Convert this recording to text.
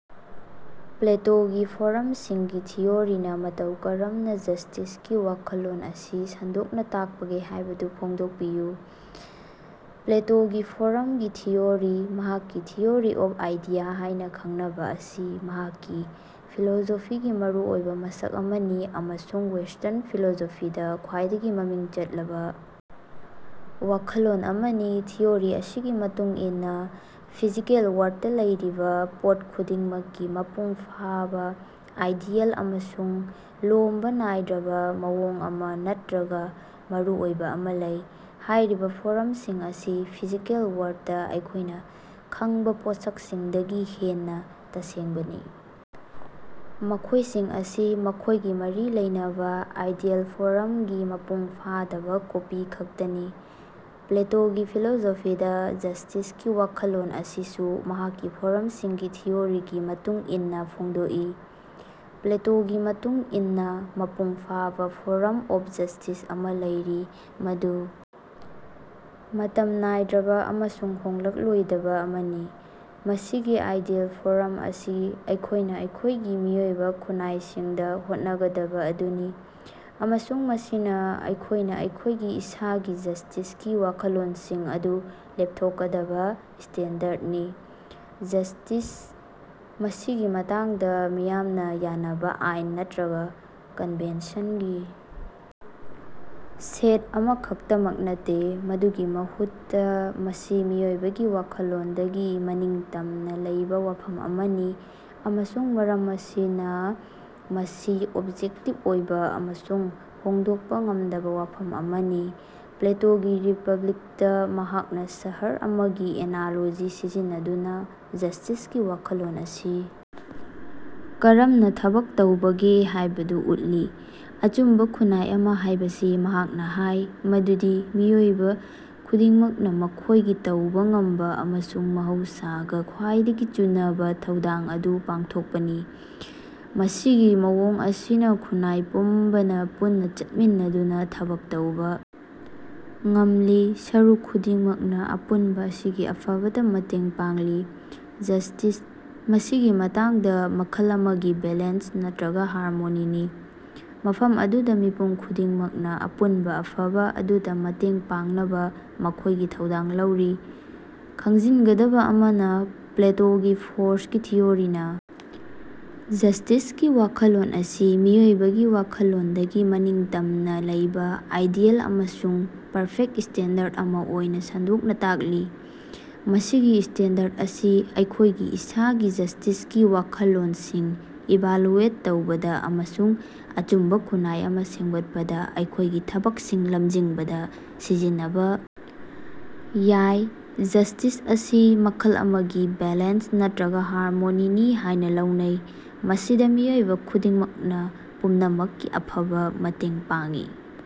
ꯄ꯭ꯂꯦꯇꯣꯒꯤ ꯐꯣ꯭ꯔꯝꯁꯤꯡꯒꯤ ꯊꯤꯑꯣꯔꯤꯅ ꯃꯇꯧ ꯀꯔꯝꯅ ꯖꯁꯇꯤꯁꯀꯤ ꯋꯥꯈꯜꯂꯣꯟ ꯑꯁꯤ ꯁꯟꯗꯣꯛꯅ ꯇꯥꯛꯄꯒꯦ ꯍꯥꯏꯕꯗꯨ ꯐꯣꯡꯗꯣꯛꯄꯤꯌꯨ꯫ ꯄ꯭ꯂꯦꯇꯣꯒꯤ ꯐꯣ꯭ꯔꯝꯁꯀꯤ ꯊꯤꯑꯣꯔꯤ, ꯃꯍꯥꯛꯀꯤ ꯊꯤꯑꯣꯔꯤ ꯑꯣꯐ ꯑꯥꯏꯗꯤꯌꯥ ꯍꯥꯏꯅ ꯈꯪꯅꯕ ꯑꯁꯤ ꯃꯍꯥꯛꯀꯤ ꯐꯤꯂꯣꯁꯣꯐꯤꯒꯤ ꯃꯔꯨꯑꯣꯏꯕ ꯃꯁꯛ ꯑꯃꯅꯤ ꯑꯃꯁꯨꯡ ꯋꯦꯁꯇ꯭ꯔꯟ ꯐꯤꯂꯣꯁꯣꯐꯤꯗ ꯈ꯭ꯋꯥꯏꯗꯒꯤ ꯃꯃꯤꯡ ꯆꯠꯂꯕ ꯋꯥꯈꯜꯂꯣꯟ ꯑꯃꯅꯤ꯫ ꯊꯤꯑꯣꯔꯤ ꯑꯁꯤꯒꯤ ꯃꯇꯨꯡ ꯏꯟꯅ ꯐꯤꯖꯤꯀꯦꯜ ꯋꯥꯔꯜꯗꯇꯥ ꯂꯩꯔꯤꯕ ꯄꯣꯠ ꯈꯨꯗꯤꯡꯃꯛꯀꯤ ꯃꯄꯨꯡ ꯐꯥꯕ, ꯑꯥꯏꯗꯤꯌꯦꯜ ꯑꯃꯁꯨꯡ ꯂꯣꯝꯕ ꯅꯥꯏꯗꯕꯥ ꯃꯑꯣꯡ ꯑꯃ ꯅꯠꯇꯔꯒꯥ ꯃꯔꯨꯑꯣꯏꯕ ꯑꯃ‌ ꯂꯩ꯫ ꯍꯥꯏꯔꯤꯕ ꯐꯣ꯭ꯔꯝꯁꯤꯡ ꯑꯁꯤ ꯐꯤꯖꯤꯀꯦꯜ ꯋꯥꯔꯜꯗꯇꯥ ꯑꯩꯈꯣꯏꯅ ꯈꯪꯕ ꯄꯣꯠꯁꯛꯁꯤꯡꯗꯒꯤ ꯍꯦꯟꯅ ꯇꯁꯦꯡꯕꯅꯤ, ꯃꯈꯣꯏꯁꯤꯡ ꯑꯁꯤ ꯃꯈꯣꯏꯒꯤ ꯃꯔꯤ ꯂꯩꯅꯕꯥ ꯑꯥꯏꯗꯤꯌꯦꯜ ꯐꯣ꯭ꯔꯝꯒꯤ ꯃꯄꯨꯡ ꯐꯥꯗꯕ ꯀꯣꯄꯤ ꯈꯛꯇꯅꯤ꯫ ꯄ꯭ꯂꯦꯇꯣꯒꯤ ꯐꯤꯂꯣꯁꯣꯐꯤꯗꯥ ꯖꯁꯇꯤꯁꯀꯤ ꯋꯥꯈꯜꯂꯣꯟ ꯑꯁꯤꯁꯨ ꯃꯍꯥꯛꯀꯤ ꯐꯣ‍꯭ꯔꯝꯁꯤꯡꯒꯤ ꯊꯤꯑꯣꯔꯤꯒꯤ ꯃꯇꯨꯡ ꯏꯟꯅ ꯐꯣꯡꯗꯣꯛꯏ꯫ ꯄ꯭ꯂꯦꯇꯣꯒꯤ ꯃꯇꯨꯡ ꯏꯟꯅ ꯃꯄꯨꯡ ꯐꯥꯕ ꯐꯣ꯭ꯔꯝ ꯑꯣꯐ ꯖꯁꯇꯤꯁ ꯑꯃ ꯂꯩꯔꯤ, ꯃꯗꯨ ꯃꯇꯝ ꯅꯥꯏꯗ꯭ꯔꯕ ꯑꯃꯁꯨꯡ ꯍꯣꯡꯂꯛꯂꯣꯏꯗꯕ ꯑꯃꯅꯤ꯫ ꯃꯁꯤꯒꯤ ꯑꯥꯏꯗꯤꯌꯦꯜ ꯐꯣꯔꯝ ꯑꯁꯤ ꯑꯩꯈꯣꯏꯅ ꯑꯩꯈꯣꯏꯒꯤ ꯃꯤꯑꯣꯏꯕ ꯈꯨꯟꯅꯥꯏꯁꯤꯡꯗ ꯍꯣꯠꯅꯒꯗꯕ ꯑꯗꯨꯅꯤ, ꯑꯃꯁꯨꯡ ꯃꯁꯤꯅ ꯑꯩꯈꯣꯏꯅ ꯑꯩꯈꯣꯏꯒꯤ ꯏꯁꯥꯒꯤ ꯖꯁꯇꯤꯁꯀꯤ ꯋꯥꯈꯜꯂꯣꯟꯁꯤꯡ ꯑꯗꯨ ꯂꯦꯞꯊꯣꯛꯀꯗꯕꯥ ꯁ꯭ꯇꯦꯟꯗꯔꯗꯅꯤ꯫ ꯖꯁꯇꯤꯁ, ꯃꯁꯤꯒꯤ ꯃꯇꯥꯡꯗ, ꯃꯤꯌꯥꯝꯅ ꯌꯥꯅꯕꯥ ꯑꯥꯏꯟ ꯅꯠꯇꯔꯒ ꯀꯟꯚꯦꯟꯁꯟꯒꯤ ꯁꯦꯠ ꯑꯃꯈꯛꯇꯃꯛ ꯅꯠꯇꯦ, ꯃꯗꯨꯒꯤ ꯃꯍꯨꯠꯇ ꯃꯁꯤ ꯃꯤꯑꯣꯏꯕꯒꯤ ꯋꯥꯈꯜꯂꯣꯟꯗꯒꯤ ꯃꯅꯤꯡꯇꯝꯅ ꯂꯩꯕ ꯋꯥꯐꯝ ꯑꯃꯅꯤ, ꯑꯃꯁꯨꯡ ꯃꯔꯝ ꯑꯁꯤꯅ ꯃꯁꯤ ꯑꯣꯕꯖꯦꯛꯇꯤꯕ ꯑꯣꯏꯕ ꯑꯃꯁꯨꯡ ꯍꯣꯡꯗꯣꯛꯄ ꯉꯝꯗꯕ ꯋꯥꯐꯝ ꯑꯃꯅꯤ꯫ ꯄ꯭ꯂꯦꯇꯣꯒꯤ ꯔꯤꯄꯥꯕ꯭ꯂꯤꯛꯇꯥ ꯃꯍꯥꯛꯅ ꯁꯍꯔ ꯑꯃꯒꯤ ꯑꯦꯅꯥꯂꯣꯖꯤ ꯁꯤꯖꯤꯟꯅꯗꯨꯅ ꯖꯁꯇꯤꯁꯀꯤ ꯋꯥꯈꯜꯂꯣꯟ ꯑꯁꯤ ꯀꯔꯝꯅ ꯊꯕꯛ ꯇꯧꯕꯒꯦ ꯍꯥꯏꯕꯗꯨ ꯎꯠꯂꯤ꯫ ꯑꯆꯨꯝꯕ ꯈꯨꯟꯅꯥꯏ ꯑꯃ ꯍꯥꯏꯕꯁꯤ ꯃꯍꯥꯛꯅ ꯍꯥꯏ ꯃꯗꯨꯗꯤ ꯃꯤꯑꯣꯏꯕ ꯈꯨꯗꯤꯡꯃꯛꯅ ꯃꯈꯣꯏꯒꯤ ꯇꯧꯕ ꯉꯝꯕꯁꯤꯡ ꯑꯃꯁꯨꯡ ꯃꯍꯧꯁꯥꯒ ꯈ꯭ꯋꯥꯏꯗꯒꯤ ꯆꯨꯅꯕꯥ ꯊꯧꯗꯥꯡ ꯑꯗꯨ ꯄꯥꯡꯊꯣꯛꯄꯅꯤ꯫ ꯃꯁꯤꯒꯤ ꯃꯑꯣꯡ ꯑꯁꯤꯅ ꯈꯨꯟꯅꯥꯏ ꯄꯨꯝꯕꯅꯥ ꯄꯨꯟꯅ ꯆꯠꯃꯤꯟꯅꯗꯨꯅ ꯊꯕꯛ ꯇꯧꯕ ꯉꯝꯂꯤ, ꯁꯔꯨꯛ ꯈꯨꯗꯤꯡꯃꯛꯅ ꯑꯄꯨꯟꯕ ꯑꯁꯤꯒꯤ ꯑꯐꯕꯗꯥ ꯃꯇꯦꯡ ꯄꯥꯡꯂꯤ꯫ ꯖꯁꯇꯤꯁ, ꯃꯁꯤꯒꯤ ꯃꯇꯥꯡꯗ, ꯃꯈꯜ ꯑꯃꯒꯤ ꯕꯦꯂꯦꯟꯁ ꯅꯠꯇꯔꯒ ꯍꯥꯔꯃꯣꯅꯤꯅꯤ, ꯃꯐꯝ ꯑꯗꯨꯗ ꯃꯤꯄꯨꯝ ꯈꯨꯗꯤꯡꯃꯛꯅ ꯑꯄꯨꯟꯕ ꯑꯐꯕ ꯑꯗꯨꯗ ꯃꯇꯦꯡ ꯄꯥꯡꯅꯕ ꯃꯈꯣꯏꯒꯤ ꯊꯧꯗꯥꯡ ꯂꯧꯔꯤ꯫ ꯈꯪꯖꯤꯟꯒꯗꯕ ꯑꯃꯅ, ꯄ꯭ꯂꯦꯇꯣꯒꯤ ꯐꯣ꯭ꯔꯁꯀꯤ ꯊꯤꯑꯣꯔꯤꯅ ꯖꯁꯇꯤꯁꯀꯤ ꯋꯥꯈꯜꯂꯣꯟ ꯑꯁꯤ ꯃꯤꯑꯣꯏꯕꯒꯤ ꯋꯥꯈꯜꯂꯣꯟꯗꯒꯤ ꯃꯅꯤꯡꯇꯝꯅ ꯂꯩꯕ ꯑꯥꯏꯗꯤꯌꯦꯜ ꯑꯃꯁꯨꯡ ꯄꯔꯐꯦꯛꯇ ꯁ꯭ꯇꯦꯟꯗꯔꯗ ꯑꯃ ꯑꯣꯏꯅ ꯁꯟꯗꯣꯛꯅ ꯇꯥꯛꯂꯤ꯫ ꯃꯁꯤꯒꯤ ꯁ꯭ꯇꯦꯟꯗꯔꯗ ꯑꯁꯤ ꯑꯩꯈꯣꯏꯒꯤ ꯏꯁꯥꯒꯤ ꯖꯁꯇꯤꯁꯀꯤ ꯋꯥꯈꯜꯂꯣꯟꯁꯤꯡ ꯏꯚꯥꯂꯨꯑꯦꯠ ꯇꯧꯕꯗ ꯑꯃꯁꯨꯡ ꯑꯆꯨꯝꯕ ꯈꯨꯟꯅꯥꯏ ꯑꯃ ꯁꯦꯝꯒꯠꯄꯗ ꯑꯩꯈꯣꯏꯒꯤ ꯊꯕꯛꯁꯤꯡ ꯂꯝꯖꯤꯡꯕꯗ ꯁꯤꯖꯤꯟꯅꯕꯥ ꯌꯥꯏ꯫ ꯖꯁꯇꯤꯁ ꯑꯁꯤ ꯃꯈꯜ ꯑꯃꯒꯤ ꯕꯦꯂꯦꯟꯁ ꯅꯠꯇꯔꯒ ꯍꯥꯔꯃꯣꯅꯤꯅꯤ ꯍꯥꯏꯅ ꯂꯧꯅꯩ, ꯃꯁꯤꯗ ꯃꯤꯑꯣꯏ ꯈꯨꯗꯤꯡꯃꯛꯅ ꯄꯨꯝꯅꯃꯛꯀꯤ ꯑꯐꯕ ꯃꯇꯦꯡ ꯄꯥꯡꯏ꯫